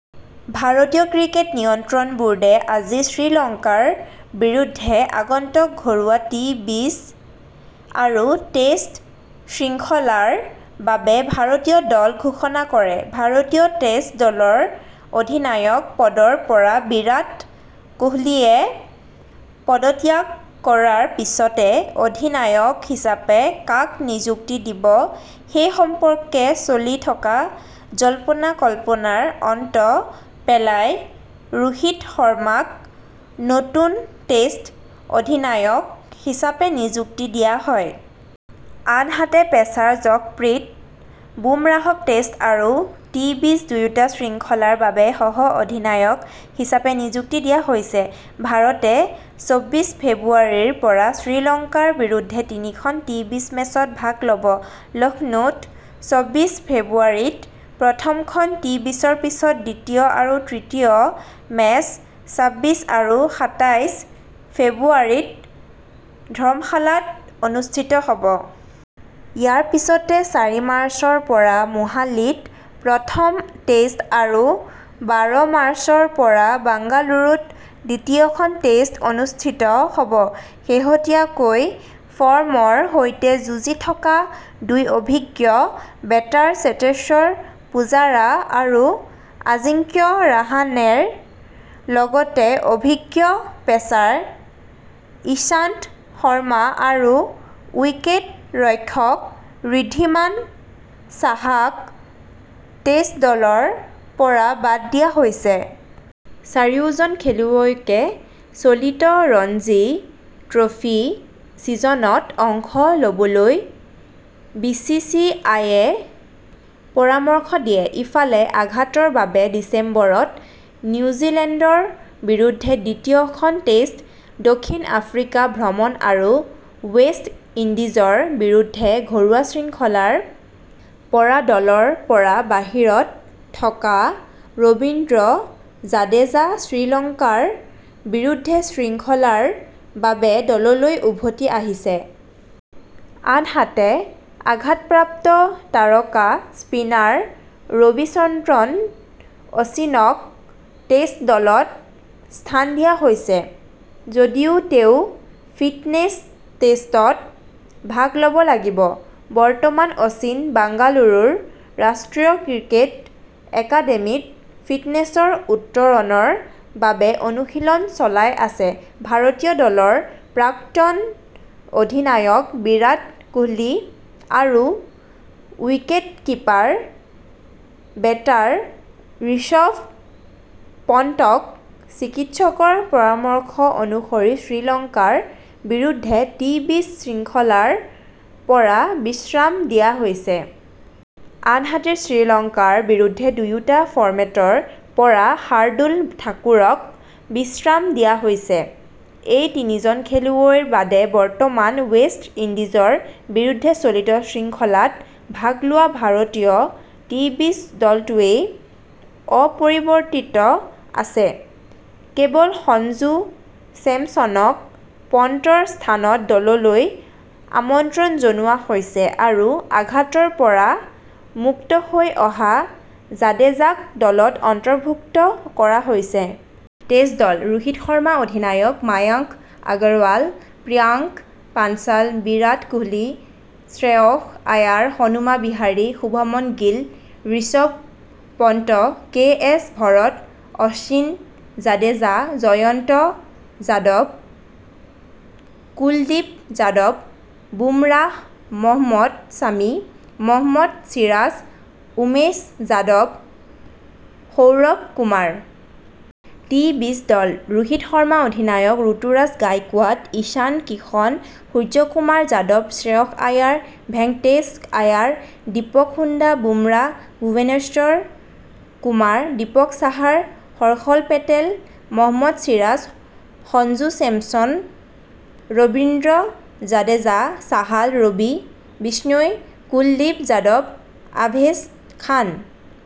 ভাৰতীয় ক্ৰিকেট নিয়ন্ত্ৰণ বোৰ্ডে আজি শ্ৰীলংকাৰ বিৰুদ্ধে আগন্তুক ঘৰুৱা টি-বিছ আৰু টেষ্ট শৃংখলাৰ বাবে ভাৰতীয় দল ঘোষণা কৰে। ভাৰতীয় টেষ্ট দলৰ অধিনায়ক পদৰ পৰা বিৰাট কোহলীয়ে পদত্যাগ কৰাৰ পিছতে অধিনায়ক হিচাপে কাক নিযুক্তি দিব সেই সম্পৰ্কে চলি থকা জল্পনা-কল্পনাৰ অন্ত পেলাই ৰোহিত শৰ্মাক নতুন টেষ্ট অধিনায়ক হিচাপে নিযুক্তি দিয়া হয়। আনহাতে পেচাৰ যশপ্ৰীত বুমৰাহক টেষ্ট আৰু টি-বিছ দুয়োটা শৃংখলাৰ বাবে সহ-অধিনায়ক হিচাপে নিযুক্তি দিয়া হৈছে। ভাৰতে চব্বিশ ফেব্ৰুৱাৰীৰ পৰা শ্ৰীলংকাৰ বিৰুদ্ধে তিনিখন টি-বিছ মেচত ভাগ লব। লক্ষ্ণৌত চব্বিশ ফেব্ৰুৱাৰীত প্ৰথমখন টি-বিছৰ পিছত দ্বিতীয় আৰু তৃতীয় মেচ ছাব্বিশ আৰু সাতাইশ ফেব্ৰুৱাৰীত ধৰ্মশালাত অনুষ্ঠিত হব। ইয়াৰ পিছতে চাৰি মাৰ্চৰ পৰা মোহালিত প্ৰথম টেষ্ট আৰু বাৰ মাৰ্চৰ পৰা বাংগালুৰুত দ্বিতীয়খন টেষ্ট অনুষ্ঠিত হব। শেহতীয়াকৈ ফৰ্মৰ সৈতে যুঁজি থকা দুই অভিজ্ঞ বেটাৰ চেতেশ্বৰ পূজাৰা আৰু আজিংক্য ৰাহানেৰ লগতে অভিজ্ঞ পেচাৰ ইশান্ত শৰ্মা আৰু উইকেট ৰক্ষক ঋদ্ধিমান সাহাক টেষ্ট দলৰ পৰা বাদ দিয়া হৈছে। চাৰিওজন খেলুৱৈকে চলিত ৰঞ্জী ট্ৰফী ছিজনত অংশ লবলৈ বিচিচিআইয়ে পৰামৰ্শ দিয়ে। ইফালে আঘাতৰ বাবে ডিচেম্বৰত নিউজিলেণ্ডৰ বিৰুদ্ধে দ্বিতীয় খন টেষ্ট, দক্ষিণ আফ্ৰিকা ভ্ৰমণ আৰু ৱেষ্ট ইণ্ডিজৰ বিৰুদ্ধে ঘৰুৱা শৃংখলাৰ পৰা দলৰ পৰা বাহিৰত থকা ৰবীন্দ্ৰ জাদেজা শ্ৰীলংকাৰ বিৰুদ্ধে শৃংখলাৰ বাবে দললৈ উভতি আহিছে। আনহাতে আঘাতপ্ৰাপ্ত তাৰকা স্পিনাৰ ৰবিচন্দ্ৰন অশ্বিনক টেষ্ট দলত স্থান দিয়া হৈছে যদিও তেওঁ ফিটনেছ টেষ্টত ভাগ লব লাগিব। বৰ্তমান অশ্বিন বাংগালুৰুৰ ৰাষ্ট্ৰীয় ক্ৰিকেট একাডেমীত ফিটনেছৰ উত্তৰণৰ বাবে অনুশীলন চলাই আছে। ভাৰতীয় দলৰ প্ৰাক্তন অধিনায়ক বিৰাট কোহলী আৰু উইকেটকিপাৰ বেটাৰ ঋষভ পন্তক চিকিৎসকৰ পৰামৰ্শ অনুসৰি শ্ৰীলংকাৰ বিৰুদ্ধে টি-বিছ শৃংখলাৰ পৰা বিশ্ৰাম দিয়া হৈছে। আনহাতে শ্ৰীলংকাৰ বিৰুদ্ধে দুয়োটা ফৰ্মেটৰ পৰা শাৰ্দুল ঠাকুৰক বিশ্ৰাম দিয়া হৈছে। এই তিনিজন খেলুৱৈৰ বাদে বৰ্তমান ৱেষ্ট ইণ্ডিজৰ বিৰুদ্ধে চলিত শৃংখলাত ভাগ লোৱা ভাৰতীয় টি-বিছ দলটোৱেই অপৰিৱৰ্তিত আছে। কেৱল সঞ্জু চেমছনক পন্তৰ স্থানত দললৈ আমন্ত্ৰণ জনোৱা হৈছে আৰু আঘাতৰ পৰা মুক্ত হৈ অহা জাদেজাক দলত অন্তৰ্ভুক্ত কৰা হৈছে। টেষ্ট দলঃ ৰোহিত শৰ্মা অধিনায়ক, মায়াংক আগৰৱাল, প্ৰিয়াংক পাঞ্চাল, বিৰাট কোহলী, শ্ৰেয়স আয়াৰ, হনুমা বিহাৰী, শুভমন গিল, ঋষভ পন্ত, কে এছ ভৰত, অশ্বিন, জাদেজা, জয়ন্ত যাদৱ, কুলদীপ যাদৱ, বুমৰাহ, মহম্মদ ছামী, মহম্মদ চিৰাজ, উমেশ যাদৱ, সৌৰভ কুমাৰ। টি-বিছ দলঃ ৰোহিত শৰ্মা অধিনায়ক, ৰুতুৰাজ গায়কোৱাড, ঈশান কিষণ, সূৰ্যকুমাৰ যাদৱ, শ্ৰেয়স আয়াৰ, ভেঙ্কটেশ আয়াৰ, দীপক হুডা, বুমৰাহ, ভুৱনেশ্বৰ কুমাৰ, দীপক চাহাৰ, হৰ্ষল পেটেল, মহম্মদ চিৰাজ, সঞ্জু চেমছন, ৰবীন্দ্ৰ জাদেজা, চাহাল, ৰবি বিষ্ণৈ, কুলদীপ যাদৱ, আভেশ খান।